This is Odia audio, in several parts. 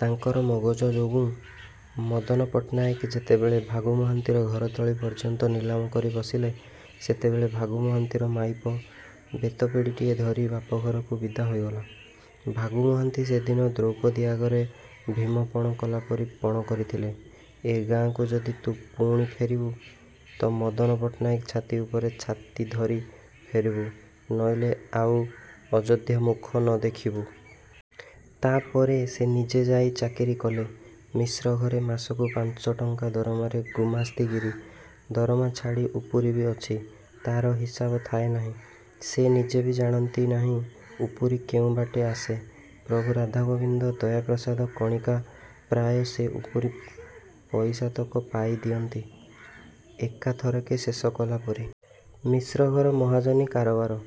ତାଙ୍କର ମଗଜ ଯୋଗୁଁ। ମଦନ ପଟ୍ଟନାୟକେ ଯେତେବେଳେ ଭାଗୁ ମହାନ୍ତିର ଘରତଳି ପର୍ଯ୍ୟନ୍ତ ନିଲାମ କରି ବସିଲେ, ସେତେବେଳେ ଭାଗୁ ମହାନ୍ତିର ମାଇପ ବେତପେଡ଼ିଟିଏ ଧରି ବାପ ଘରକୁ ବିଦା ହୋଇଗଲା। ଭାଗୁ ମହାନ୍ତି ସେଦିନ ଦ୍ରୌପଦୀ ଆଗରେ ଭୀମ ପଣ କଲାପରି ପଣ କରିଥିଲେ, ଏ ଗାଁକୁ ଯଦି ତୁ ପୁଣି ଫେରିବୁ ତ ମଦନ ପଟ୍ଟନାୟକ ଛାତି ଉପରେ ଛାତି ଧରି ଫେରିବୁ ନଇଲେ ଆଉ ଅଯୋଧ୍ୟା ମୁଖ ନ ଦେଖିବୁ। ତା'ପରେ ସେ ନିଜେ ଯାଇ ଚାକିରି କଲେ ମିଶ୍ର ଘରେ ମାସକୁ ପାଞ୍ଚ ଟଙ୍କା ଦରମାରେ ଗୁମାସ୍ତା ଗିରି। ଦରମା ଛାଡ଼ି ଉପୁରିବି ଅଛି। ତା'ର ହିସାବ ଥାଏ ନାହିଁ। ସେ ନିଜେବି ଜାଣନ୍ତି ନାହିଁ ଉପୁରି କେଉଁ ବାଟେ ଆସେ। ପ୍ରଭୁ ରାଧାଗୋବିନ୍ଦ ଦୟା ପ୍ରସାଦ କଣିକା ପ୍ରାୟ ସେ ଉପୁରି ପଇସାତକ ପାଇ ଦିଅନ୍ତି ଏକା ଥରକେ ଶେଷ କଲା ପରି। ମିଶ୍ର ଘର ମହାଜନି କାରବାର।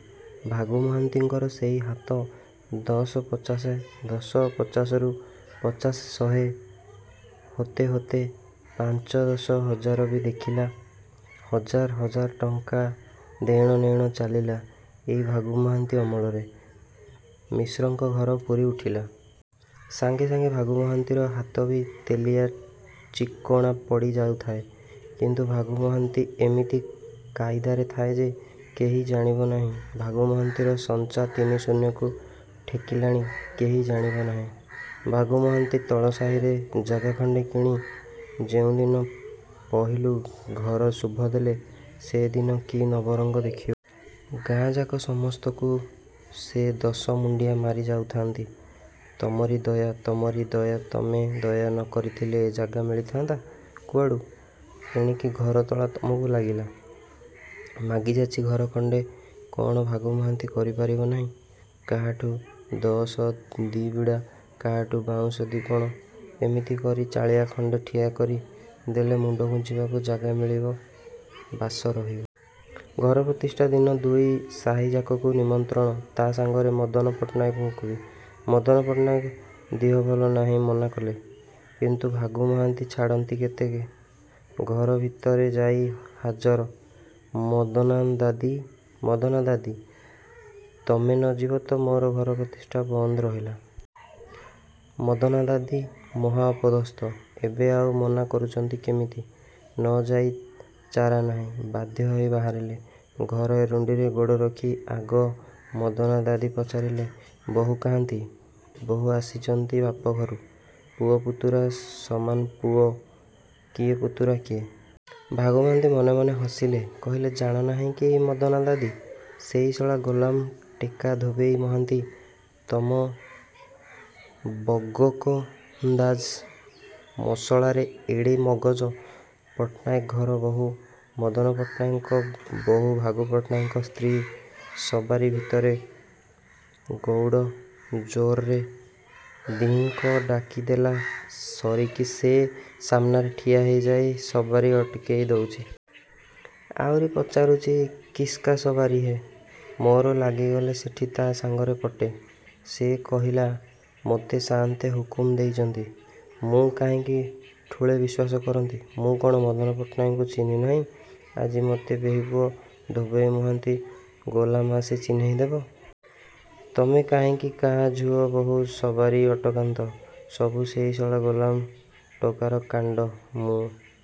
ଭାଗୁ ମହାନ୍ତିଙ୍କର ସେଇ ହାତ ଦଶ ପଚାଶ, ଦଶ ପଚାଶରୁ ପଚାଶ ଶହେ, ହୋତେ ହୋତେ ପାଞ୍ଚ ଦଶ ହଜାରବି ଦେଖିଲା ହଜାର ହଜାର ଟଙ୍କା ଦେଣନେଣ ଚାଲିଲା ଏଇ ଭାଗୁ ମହାନ୍ତି ଅମଳରେ। ମିଶ୍ରଙ୍କ ଘର ପୂରି ଉଠିଲା। ସାଙ୍ଗେ ସାଙ୍ଗେ ଭାଗୁ ମହାନ୍ତିର ହାତବି ତେଲିଆ ଚିକଣା ପଡ଼ି ଯାଉଥାଏ। କିନ୍ତୁ ଭାଗୁ ମହାନ୍ତି ଏମିତି କାଇଦାରେ ଥାଏ ଯେ, କେହି ଜାଣିବ ନାହିଁ ଭାଗୁ ମହାନ୍ତିର ସଞ୍ଚା ତିନି ଶୂନ୍ୟକୁ ଠେକିଲାଣି କେହି ଜାଣିବ ନାହିଁ। ଭାଗୁ ମହାନ୍ତି ତଳ ସାହିରେ ଜାଗା ଖଣ୍ଡେ କିଣି ଯେଉଁଦିନ ପହିଲୁ ଘର ଶୁଭ ଦେଲେ, ସେ ଦିନ କି ନବରଙ୍ଗ ଦେଖିବ। ଗାଁଯାକ ସମସ୍ତକୁ ସେ ଦଶ ମୁଣ୍ଡିଆ ମାରି ଯାଉଥାନ୍ତି, ''ତମରି ଦୟା ତମରି ଦୟା ତମେ ଦୟା ନ କରିଥିଲେ ଏ ଜେଗା ମିଳିଥାନ୍ତା କୁଆଡ଼ୁ। ଏଣିକି ଘର ତୋଳା ତମକୁ ଲାଗିଲା। ମାଗିଯାଚି ଘର ଖଣ୍ଡେ କ'ଣ ଭାଗୁ ମହାନ୍ତି କରିପାରିବ ନାହିଁ। କାହାଠୁ ଛଣ ଦି' ବିଡ଼ା, କାହାଠୁ ବାଉଁଶ ଦି'ପଣ ଏମିତି କରି ଚାଳିଆ ଖଣ୍ଡେ ଠିଆ କରି ଦେଲେ ମୁଣ୍ଡ ଗୁଞ୍ଜିବାକୁ ଜାଗା ମିଳିବ ବାସ ରହିବ। '' ଘର ପ୍ରତିଷ୍ଠା ଦିନ ଦୁଇ ସାହିଯାକକୁ ନିମନ୍ତ୍ରଣ ତା' ସାଙ୍ଗରେ ମଦନ ପଟ୍ଟନାୟକଙ୍କୁବି। ମଦନ ପଟ୍ଟନାୟକ ଦିହ ଭଲ ନାହିଁ ମନା କଲେ। କିନ୍ତୁ ଭାଗୁ ମହାନ୍ତି ଛାଡ଼ନ୍ତି କେତେକେ! ଘର ଭିତରେ ଯାଇ ହାଜର ''ମଦନାଦାଦି ମଦାନାଦାଦି ତମେ ନ ଯିବ ତ ମୋ ଘର ପ୍ରତିଷ୍ଠା ବନ୍ଦ ରହିଲା। '' ମଦନାଦାଦି ମହା ଅପଦସ୍ତ। ଏବେ ଆଉ ମନା କରୁଚନ୍ତି କିମିତି? ନ ଯାଇ ଚାରା ନାହିଁ। ବାଧ୍ୟ ହେଇ ବାହାରିଲେ। ଘର ଏରୁଣ୍ଡିରେ ଗୋଡ଼ରଖି ଆଗ 'ମଦନାଦାଦି' ପଚାରିଲେ, ''ବହୂ କାହାନ୍ତି? ବହୂ ଆସିଚନ୍ତି ବାପଘରୁ? '' ପୁଅ ପୁତୁରା ସମାନ ପୁଅ କିଏ ପୁତୁରା କିଏ? ଭାଗୁ ମହାନ୍ତି ମନେ ମନେ ହସିଲେ କହିଲେ''ଜାଣ ନାହିଁ କି ମଦନାଦାଦି? ସେଇ ଶଳା ଗୋଲାମ ଟେକା ଧୋବେଇ ମହାନ୍ତି ତମ ବଗକନ୍ଦାଜ ମଶଳାର ଏଡ଼େ ମଗଜ, ପଟ୍ଟନାୟକ ଘର ବହୂ, ମଦନ ପଟ୍ଟନାୟକଙ୍କ ବହୂ ଭାଗୁ ପଟ୍ଟନାୟକଙ୍କ ସ୍ତ୍ରୀ ସବାରୀ ଭିତରେ ଗଉଡ଼ ଜୋର୍ରେ ଦିହିଁଙ୍କି ଡାକି ଦେଲା ସରିକି ସେ ସାମନାରେ ଠିଆ ହେଇଯାଇ ସବାରୀ ଅଟକେଇ ଦଉଚି। ଆଉରି ପଚାରୁଚି 'କିସ୍କା ସବାରୀ ହେ! ' ମୋର ଲାଗିଗଲା ସେଠି ତା' ସାଙ୍ଗରେ ପଟେ। ସେ କହିଲା 'ମୋତେ ସାଆନ୍ତେ ହୁକୁମ ଦେଇଚନ୍ତି। ' ମୁଁ କାହିଁକି ଠୁଳେ ବିଶ୍ୱାସ କରନ୍ତି। ମୁଁ କ'ଣ ମଦନ ପଟ୍ଟନାହାକଙ୍କୁ ଚିହ୍ନି ନାହିଁ ଆଜି ମୋତେ ବେହିପୁଅ ଧୋବେଇ ମହାନ୍ତି ଗୋଲାମ ଆସି ଚିହ୍ନେଇ ଦେବ। ତମେ କାହିଁକି କାହା ଝୁଅ ବହୂ ସବାରୀ ଅଟକାନ୍ତ। ସବୁ ସେଇ ଶଳା ଗୋଲାମ ଟୋକାର କାଣ୍ଡ। ମୁଁ